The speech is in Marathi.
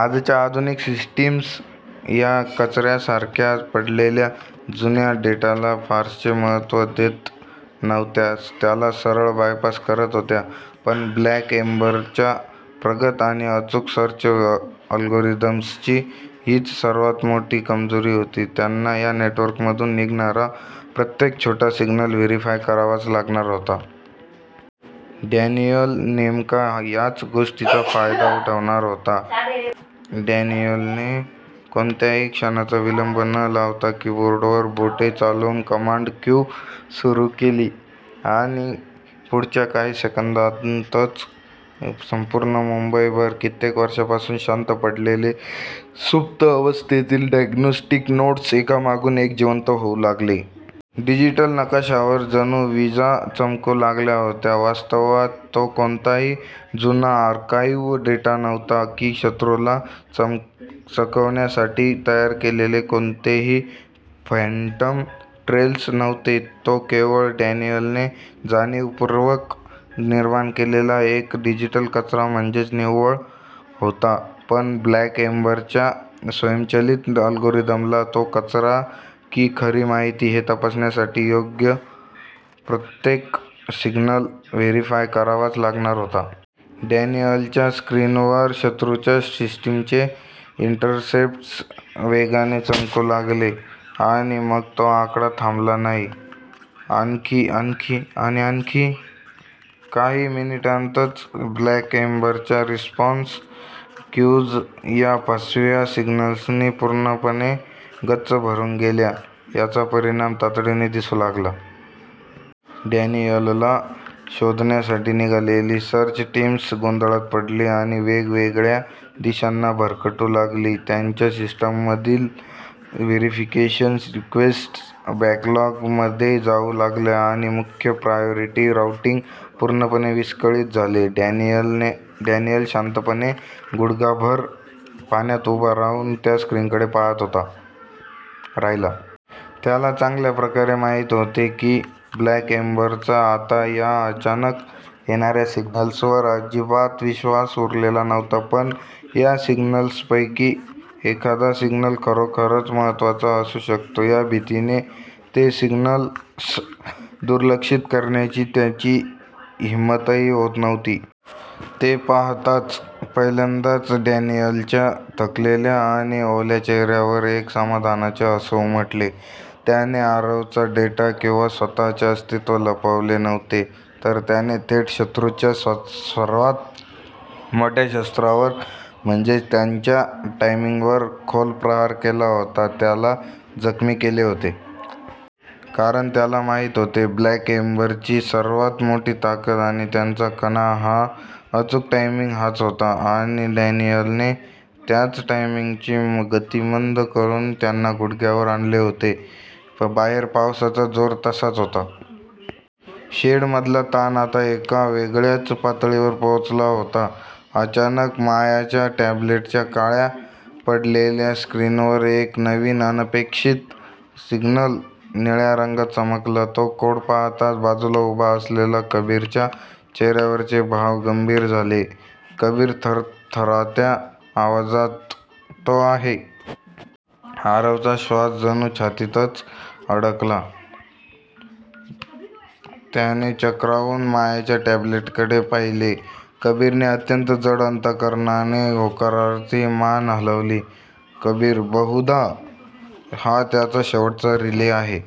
आजच्या आधुनिक सिस्टीम्स या कचऱ्यासारख्या पडलेल्या जुन्या डेटाला फारसे महत्त्व देत नव्हत्या, त्याला सरळ बायपास करत होत्या. पण ब्लॅक एम्बरच्या प्रगत आणि अचूक सर्च अल्गोरिदम्सची हीच सर्वात मोठी कमजोरी होती. त्यांना या नेटवर्कमधून निघणारा प्रत्येक छोटा सिग्नल व्हेरिफाय करावाच लागणार होता. डॅनियल नेमका याच गोष्टीचा फायदा उठवणार होता. डॅनियलने कोणत्याही क्षणाचा विलंब न लावता कीबोर्डवर बोटे चालवून कमांड क्यू सुरू केली आणि पुढच्या काही सेकंदांतच, संपूर्ण मुंबईभर कित्येक वर्षांपासून शांत पडलेले, सुप्त अवस्थेतील डायग्नोस्टिक नोड्स एकामागून एक जिवंत होऊ लागले. डिजिटल नकाशावर जणू विजा चमकू लागल्या होत्या. वास्तवात तो कोणताही जुना आर्काइव्ह डेटा नव्हता, की शत्रूला चकवण्यासाठी तयार केलेले कोणतेही फँटम ट्रेल्स नव्हते. तो केवळ डॅनियलने जाणीवपूर्वक निर्माण केलेला एक डिजिटल कचरा म्हणजेच निव्वळ होता, पण ब्लॅक एम्बरच्या स्वयंचलित अल्गोरिदमला तो कचरा की खरी माहिती, हे तपासण्यासाठी प्रत्येक सिग्नल व्हेरीफाय करावाच लागणार होता. डॅनियलच्या स्क्रीनवर शत्रूच्या सिस्टीमचे इंटरसेप्ट्स वेगाने चमकू लागले, आणि मग तो आकडा थांबला नाही. आणखी आणखी आणि आणखी काही मिनिटांतच ब्लॅक एम्बरच्या रिस्पॉन्स क्यूज या फसव्या सिग्नल्सनी पूर्णपणे गच्च भरून गेल्या. याचा परिणाम तातडीने दिसू लागला. डॅनियलला शोधण्यासाठी निघालेली सर्च टीम्स गोंधळात पडली आणि वेगवेगळ्या दिशांना भरकटू लागली. त्यांच्या सिस्टीममधील व्हेरीफिकेशन रिक्वेस्ट्स बॅकलॉग मध्ये जाऊ लागल्या आणि मुख्य प्रायोरिटी राउटिंग पूर्णपणे विस्कळीत झाले. डॅनियल शांतपणे, गुडघाभर पाण्यात उभा राहून त्या स्क्रीनकडे पाहत राहिला. त्याला चांगल्या प्रकारे माहीत होते की, ब्लॅक एम्बरचा आता या अचानक येणाऱ्या सिग्नल्सवर अजिबात विश्वास उरलेला नव्हता. पण, या सिग्नल्सपैकी एखादा सिग्नल खरोखरच महत्त्वाचा असू शकतो, या भीतीने ते सिग्नल्स दुर्लक्षित करण्याची त्यांची हिंमतही होत नव्हती. ते पाहताच, पहिल्यांदाच डॅनियलच्या थकलेल्या आणि ओल्या चेहऱ्यावर एक समाधानाचे हसू उमटले. त्याने आरवचा डेटा किंवा स्वतःचे अस्तित्व लपवले नव्हते, तर त्याने थेट शत्रूच्या सर्वात मोठ्या शस्त्रावर म्हणजेच त्यांच्या टायमिंगवर खोल प्रहार केला होता, त्याला जखमी केले होते. कारण त्याला माहीत होते, ब्लॅक एम्बरची सर्वात मोठी ताकद आणि त्यांचा कणा हा अचूक टायमिंग हाच होता आणि डॅनियलने त्याच टायमिंगची गती मंद करून त्यांना गुडघ्यावर आणले होते. बाहेर पावसाचा जोर तसाच होता. शेडमधला ताण आता एका वेगळ्याच पातळीवर पोहोचला होता. अचानक, मायाच्या टॅब्लेटच्या काळ्या पडलेल्या स्क्रीनवर एक नवीन, अनपेक्षित सिग्नल निळ्या रंगात चमकला. तो कोड पाहताच बाजूला उभा असलेला कबीरच्या चेहऱ्यावरचे भाव गंभीर झाले. कबीर थरथरात्या आवाजात, "तो आहे... आरवचा श्वास जणू छातीतच अडकला. त्याने चक्रावून मायाच्या टॅबलेटकडे पाहिले. कबीरने अत्यंत जड अंतःकरणाने होकारार्थी मान हलवली. कबीर, बहुधा हा त्याचा शेवटचा रिले आहे.